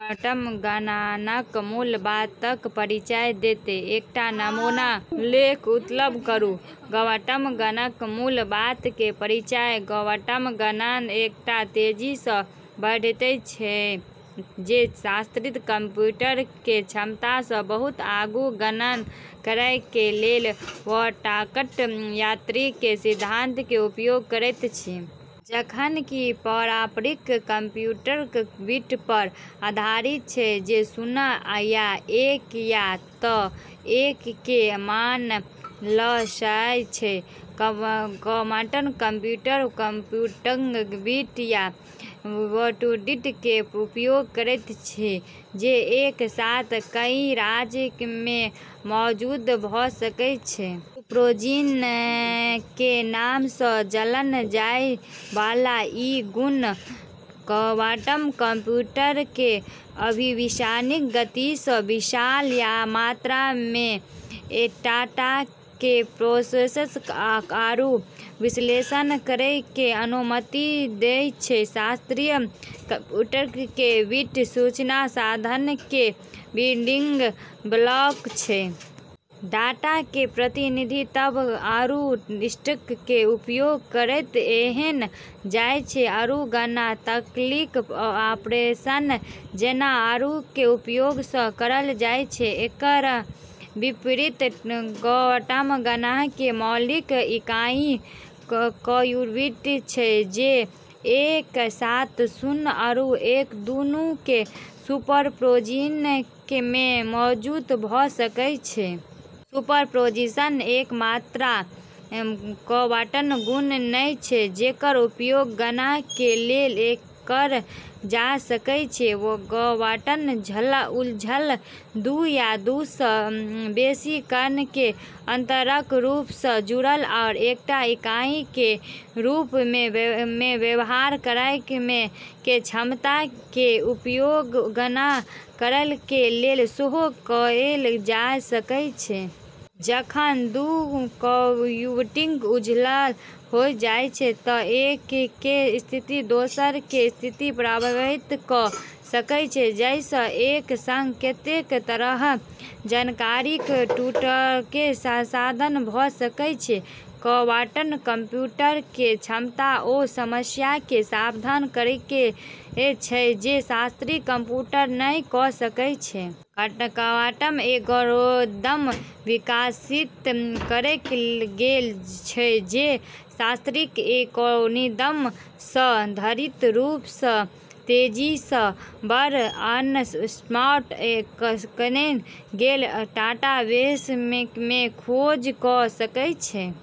Quantum गणनाक मूल बातक परिचय दैत एकटा नमूना लेख उत्पन्न करू :- क्वांटम गणना: मूल बात के परिचय क्वांटम गणना एकटा तेजी सँ बढ़ैत क्षेत्र छै जे शास्त्रीय कंप्यूटर के क्षमता सँ बहुत आगू गणना करय के लेल क्वांटम यांत्रिकी के सिद्धांत के उपयोग करैत छै। जखन कि पारंपरिक कंप्यूटिंग बिट पर आधारित छै जे शून्य या एक या तऽ एक के मान लऽ सकय छै, क्वांटम कंप्यूटिंग क्वांटम बिट, या क्यूबिट के उपयोग करैत छै, जे एक साथ कई राज्य में मौजूद भऽ सकैत छै। सुपरपोजिशन के नाम सँ जानल जाय वाला ई गुण क्वांटम कंप्यूटर के अविश्वसनीय गति सँ विशाल मात्रा में डाटा के प्रोसेस आरू विश्लेषण करै के अनुमति दै छै। शास्त्रीय कंप्यूटिंग में बिट सूचना संसाधन के बिल्डिंग ब्लॉक छै। डाटा के प्रतिनिधित्व आरू स्ट्रिंग के उपयोग करैत कएल जाय छै, आरू गणना तार्किक ऑपरेशन जैना, आरू के उपयोग सँ करल जाय छै। एकर विपरीत क्वांटम गणना के मौलिक इकाई क्यूबिट छै, जे एक साथ शून्य आरू एक दूनू के सुपरपोजिशन में मौजूद भ' सकै छै। सुपरपोजिशन एकमात्र क्वांटम गुण नै छै जेकर उपयोग गणना के लेल कएल जा सकै छै। क्वांटम उलझन – दू या दू सँ बेसी कण के अंतरंग रूप सँ जुड़ल आ एकटा इकाई के रूप में व्यवहार करय के क्षमता - के उपयोग गणना करय के लेल सेहो कएल जा सकय छै। जखन दू क्यूबिट उलझल होय जाय छै तऽ एक के स्थिति दोसर के स्थिति प्रभावित क' सकै छै, जाहिसँ एक संग कतेक तरहक जानकारीक टुकड़ाके संसाधन भ' सकै छै। क्वांटम कंप्यूटर के क्षमता ओ समस्याके समाधान करैके छै जे शास्त्रीय कंप्यूटर नै क' सकै छै। क्वांटम एल्गोरिदम विकसित कएल गेल छै जे शास्त्रीय एल्गोरिदम सँ घातीय रूप सँ तेजी सँ बड़, अनसॉर्ट कएल गेल डाटाबेस में खोज क' सकै छै।